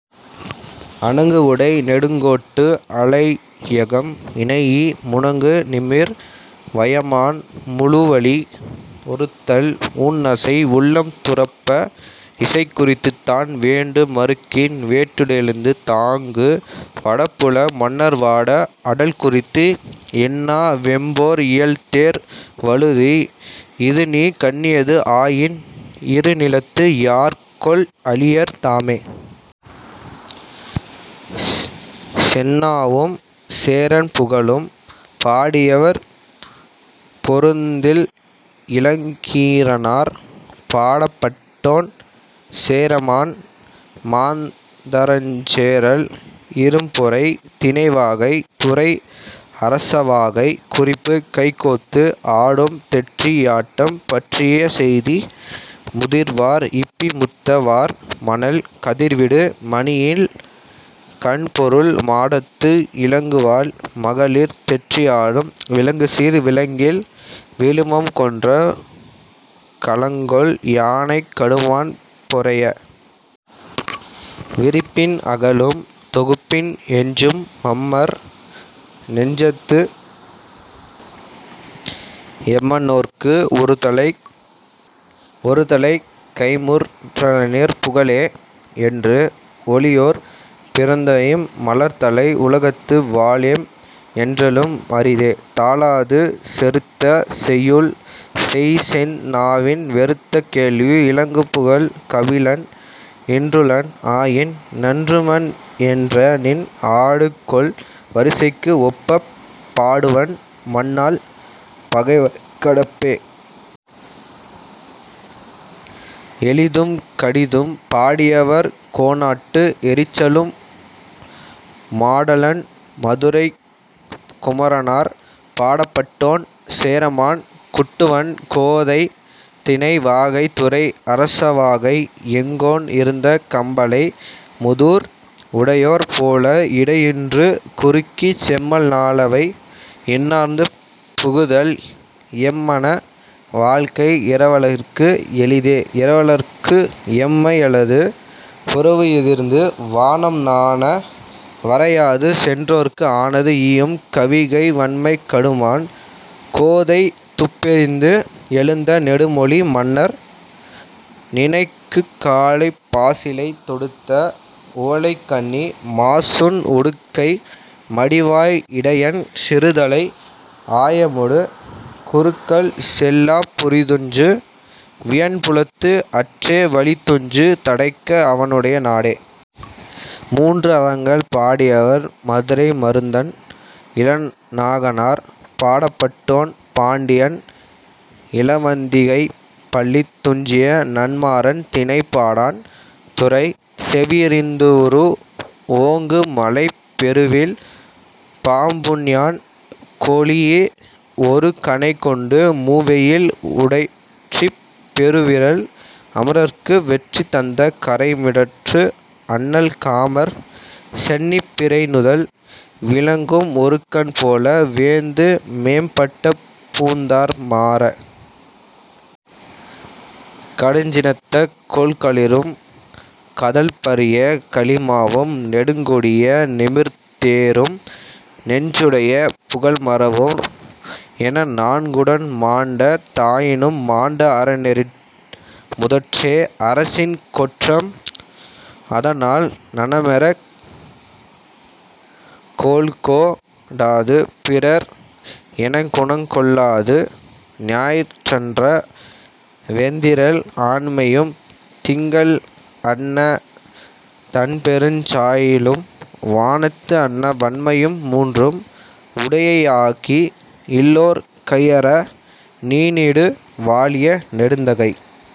அணங்கு உடை நெடுங்கோட்டு அளையகம் முனைஇ, முணங்கு நிமிர் வயமான் முழுவலி ஒருத்தல், ஊன்நசை உள்ளம் துரப்ப, இசை குறித்துத் தான் வேண்டு மருங்கின் வேட்டுஎழுந் தாங்கு, வடபுல மன்னர் வாட, அடல் குறித்து, இன்னா வெம்போர் இயல்தேர் வழுதி! இதுநீ கண்ணியது ஆயின், இரு நிலத்து யார்கொல் அளியர் தாமே? செந்நாவும் சேரன் புகழும்! பாடியவர்: பொருந்தில் இளங்கீரனார். பாடப்பட்டோன்: சேரமான் மாந்தரஞ்சேரல் இரும்பொறை. திணை: வாகை. துறை: அரசவாகை. குறிப்பு: கைகோத்து ஆடும் தெற்றி யாட்டம் பற்றிய செய்தி. முதிர்வார் இப்பி முத்த வார் மணல், கதிர்விடு மணியின் கண்பொரு மாடத்து, இலங்கு வளை மகளிர் தெற்றி ஆடும் விளங்கு சீர் விளங்கில் விழுமம் கொன்ற களங்கொள் யானைக், கடுமான், பொறைய! விரிப்பின் அகலும்; தொகுப்பின் எஞ்சும்; மம்மர் நெஞ்சத்து எம்மனோர்க்கு ஒருதலை கைம்முற் றலநின் புகழே, என்றும்; ஒளியோர் பிறந்தஇம் மலர்தலை உலகத்து வாழேம் என்றலும் அரிதே; 'தாழாது செறுத்த செய்யுள் செய்செந் நாவின், வெறுத்த கேள்வி, விளங்குபுகழ்க் கபிலன் இன்றுளன் ஆயின், நன்றுமன், என்ற நின் ஆடு கொள் வரிசைக்கு ஒப்பப் பாடுவன் மன்னால், பகைவரைக் கடப்பே.. எளிதும் கடிதும்! பாடியவர்: கோனாட்டு எறிச்சலூர் மாடலன் மதுரைக் குமரனார். பாடப்பட்டோன்: சேரமான் குட்டுவன் கோதை. திணை: வாகை. துறை: அரசவாகை. எங்கோன் இருந்த கம்பலை முதூர், உடையோர் போல இடையின்று குறுகிச், செம்மல் நாளவை அண்ணாந்து புகுதல் எம்அன வாழ்க்கை இரவலர்க்கு எளிதே; இரவலர்க்கு எண்மை யல்லது; புரவு எதிர்ந்து வானம் நாண, வரையாது, சென்றோர்க்கு ஆனாது ஈயும் கவிகை வண்மைக் கடுமான் கோதை துப்பெதிர்ந்து எழுந்த நெடுமொழி மன்னர் நினைக்குங் காலைப், பாசிலைத் தொடுத்த உவலைக் கண்ணி, மாசுண் உடுக்கை, மடிவாய், இடையன் சிறுதலை ஆயமொடு குறுகல் செல்லாப் புலிதுஞ்சு வியன்புலத்து அற்றே வலிதுஞ்சு தடக்கை அவனுடை நாடே.. மூன்று அறங்கள்! பாடியவர்: மதுரை மருதன் இளநாகனார். பாடப்பட்டோன்: பாண்டியன் இலவந்திகைப் பள்ளித் துஞ்சிய நன்மாறன். திணை: பாடாண். துறை: செவியறிவுறூஉ. ஓங்கு மலைப் பெருவில் பாம்புஞாண் கொளீஇ, ஒரு கணை கொண்டு மூவெயில் உடற்றிப் பெரு விறல் அமரர்க்கு வெற்றி தந்த கறை மிடற்று அண்ணல் காமர் சென்னிப் பிறை நுதல் விளங்கும் ஒருகண் போல, வேந்து மேம்பட்ட பூந்தார் மாற! கடுஞ் சினத்த கொல் களிறும்; கதழ் பரிய கலி மாவும், நெடுங் கொடிய நிமிர் தேரும், நெஞ் சுடைய புகல் மறவரும், என நான்குடன் மாண்ட தாயினும், மாண்ட அறநெறி முதற்றே, அரசின் கொற்றம்; அதனால், நமரெனக் கோல்கோ டாது, 'பிறர்' எனக் குணங் கொல்லாது, ஞாயிற் றன்ன வெந்திறல் ஆண்மையும், திங்கள் அன்ன தண்பெருஞ் சாயலும், வானத்து அன்ன வண்மையும், மூன்றும், உடையை ஆகி, இல்லோர் கையற, நீநீடு வாழிய நெடுந்தகை!